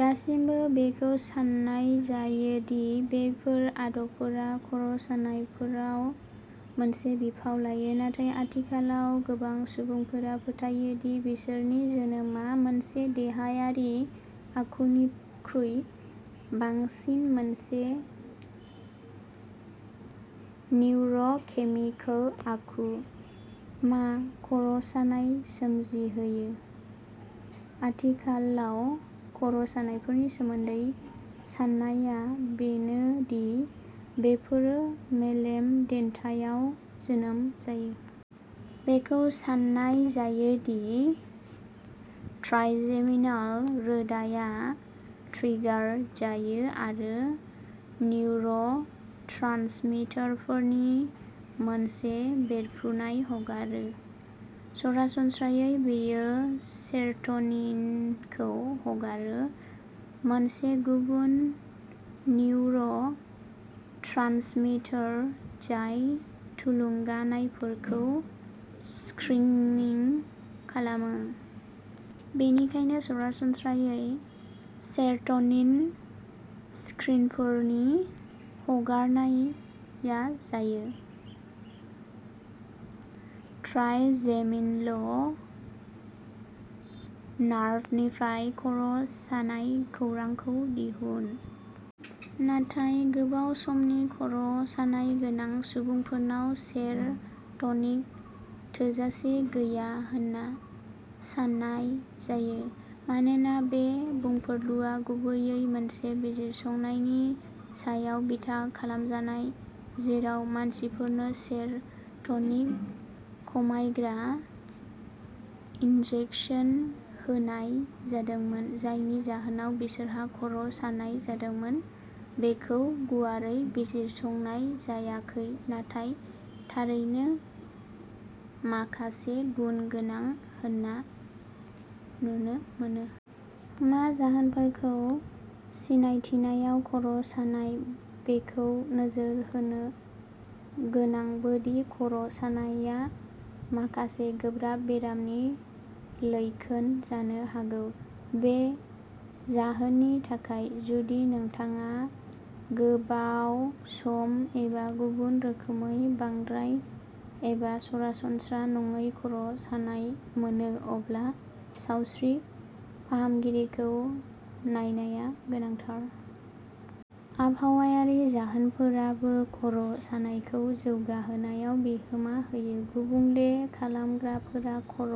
दासिमबो बेखौ साननाय जायो दि बेफोर आदबफोरा खर'सानायफोराव मोनसे बिफाव लायो, नाथाय आथिखालाव गोबां सुबुंफोरा फोथायो दि बिसोरनि जोनोमा मोनसे देहायारि आखुनिख्रुइ बांसिन मोनसे निउर'केमिकेल आखु। मा खर'सानाय सोमजिहोयो? आथिखालाव खर'सानायफोरनि सोमोन्दै साननाया बेनो दि बेफोरो मेलेम देन्थायाव जोनोम जायो। बेखौ साननाय जायो दि ट्राइजेमिनाल रोदाआ ट्रिगार जायो आरो निउर'ट्रान्समिटारफोरनि मोनसे बेरफ्रुनाय हगारो। सरासनस्रायै, बेयो सेर'ट'निनखौ हगारो, मोनसे गुबुन निउर'ट्रान्समिटार जाय थुलुंगानायफोरखौ "स्क्रिनिं" खालामो। बेनिखायनो, सरासनस्रायै, सेर'ट'निन स्क्रिनफोरनि हगारनाया जायो। ट्राइजेमिनल नार्भनिफ्राय "खर" सानाय खौरां "खौ दिहुन। नाथाय, गोबाव समनि खर" सानाय गोनां सुबुंफोरनाव सेर "टनिन थोजासे गैया होनना साननाय जायो। मानोना बे बुंफुरलुआ गुबैयै मोनसे बिजिरसंनायनि सायाव बिथा खालामजानाय जेराव मानसिफोरनो सेर" टनिन-खमायग्रा इन्जेक्सन होनाय जादोंमोन, जायनि जाहोनाव बिसोरहा खर "सानाय जादोंमोन, बेखौ गुवारै बिजिरसंनाय जायाखै, नाथाय थारैनो माखासे गुन गोनां होनना नुनो मोनो। मा जाहोनफोरखौ सिनायथिनायाव खर "सानाय, बेखौ नोजोर होनो गोनांबो दि खर" सानायआ माखासे गोब्राब बेरामनि लैखोन जानो हागौ। बे जाहोननि थाखाय, जुदि नोंथाङा गोबाव सम एबा गुबुन रोखोमै बांद्राय एबा सरासनस्रा नङै खर "सानाय मोनो, अब्ला सावस्रि फाहामगिरिखौ नायनाया गोनांथार। आबहावायारि जाहोनफोराबो खर" सानायखौ जौगाहोनायाव बिहोमा होयो। गुबुंले खालामग्राफोरा खर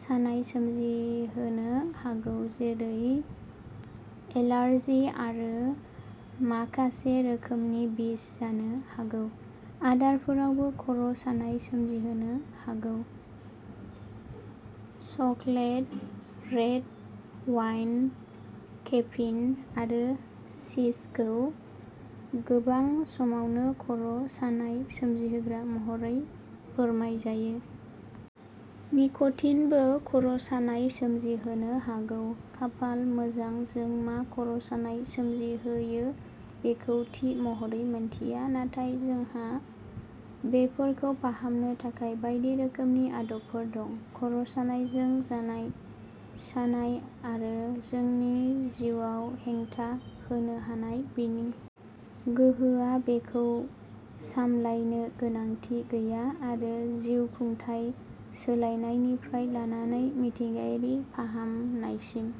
"सानाय सोमजिहोनो हागौ, जेरै एलार्जि आरो माखासे रोखोमनि बिस जानो हागौ। आदारफोराबो खर" सानाय सोमजिहोनो हागौ, चकलेट, रेड वाइन, केफिन आरो चीजखौ गोबां समावनो खर "सानाय सोमजिहोग्रा महरै फोरमायजायो। निक'टिन बो खर'सानाय सोमजिहोनो हागौ। खाफाल मोजां, जों मा खर'सानाय सोमजिहोयो बेखौ थि महरै मिथिया, नाथाय जोंहा बेफोरखौ फाहामनो थाखाय बायदि रोखोमनि आदबफोर दं। खर'सानायजों जानाय सानाय-आरो जोंनि जिउआव हेंथा होनो हानाय बिनि -- गोहोआ-बेखौ सामलायनो गोनांथि गैया, आरो जिउखुंथाय सोलायनायनिफ्राय लानानै मिथिंगायारि फाहामनायसिम।